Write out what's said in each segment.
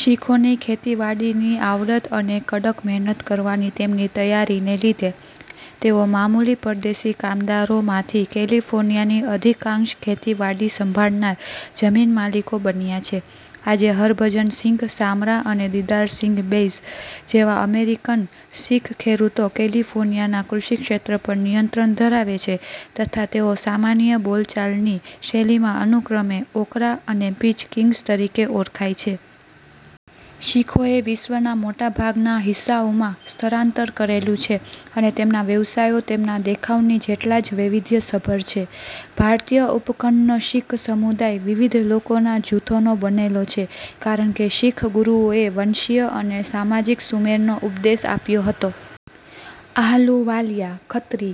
શીખોની ખેતીવાડીની આવડત અને કડક મહેનત કરવાની તેમની તૈયારીને લીધે તેઓ મામૂલી પરદેશી કામદારોમાંથી કેલિફોર્નિયાની અધિકાંશ ખેતીવાડી સંભાળનાર જમીન માલિકો બન્યાં છે. આજે હરભજનસિંઘ સામરા અને દિદારસિંઘ બૈંસ જેવા અમેરિકન શીખ ખેરૂતો કેલિફોર્નિયાના કૃષિક્ષેત્ર પર નિયંત્રન ધરાવે છે તથા તેઓ સામાન્ય બોલચાલની શૈલીમાં અનુક્રમે "ઓકરા" અને "પીચ" કિંગ્સ તરીકે ઓરખાય છે. શીખોએ વિશ્વનાં મોટાભાગના હિસ્સાઓમાં સ્થરાંતર કરેલું છે અને તેમના વ્યવસાયો તેમનાં દેખાવની જેટલા જ વૈવિધ્યસભર છે. ભારતીય ઉપખંડનો શીખ સમુદાય વિવિધ લોકોના જૂથોનો બનેલો છે કારનકે શીખ ગુરુઓએ વંશીય અને સામાજિક સુમેળનો ઉપદેશ આપ્યો હતો. આહલુવાલિયા, ખત્રી,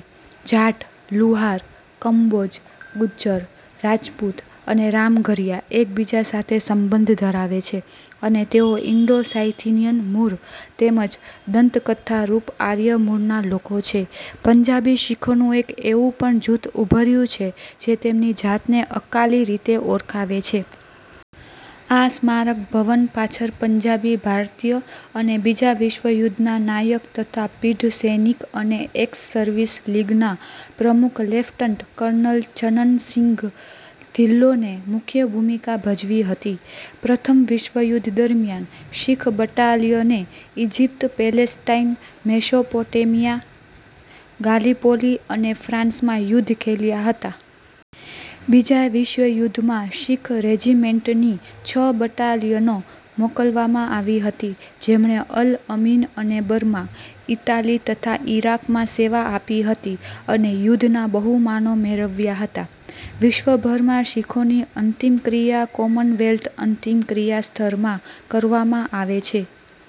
જાટ, લુહાર, કંબોજ, ગુજ્જર, રાજપુત અને રામઘરિયા એકબીજા સાથે સંબંધ ધરાવે છે અને તેઓ ઈન્ડો-સાયથિનીયન મૂળ તેમજ દંતકથારૂપ આર્ય મૂળના લોકો છે. પંજાબી શીખોનું એક એવુ પણ જૂથ ઉભર્યુ છે જે તેમની જાતને અકાલી રીકે ઓરખાવે છે. આ સ્મારક ભવન પાછર પંજાબી ભારતીય અને બીજા વિશ્વયુદ્ધનાં નાયક તથા પીઢ સૈનિક અને એક્સ-સર્વિસ લીગ નાં પ્રમુખ લેફ્ટનન્ટ કર્નલ છનન સિંઘ ધિલ્લોને મુખ્ય ભૂમિકા ભજવી હતી. પ્રથમ વિશ્વયુદ્ધ દરમિયાન, શીખ બટાલિયને ઈજિપ્ત, પેલેસ્ટાઈન, મેસોપોટેમિયા, ગાલીપોલી અને ફ્રાન્સમાં યુદ્ધ ખેલ્યાં હતા. બીજા વિશ્વયુદ્ધમાં શીખ રેજિમેન્ટની છ બટાલિયનો મોકલવામાં આવી હતી, જેમણે અલ અમીન અને બર્મા, ઈટાલી તથા ઈરાકમાં સેવા આપી હતી અને યુદ્ધના બહુમાનો મેરવ્યાં હતા. વિશ્વભરમાં શીખોની અંતિમક્રિયા કોમનવેલ્થ અંતિમક્રિયા સ્થરમાં કરવામાં આવે છે.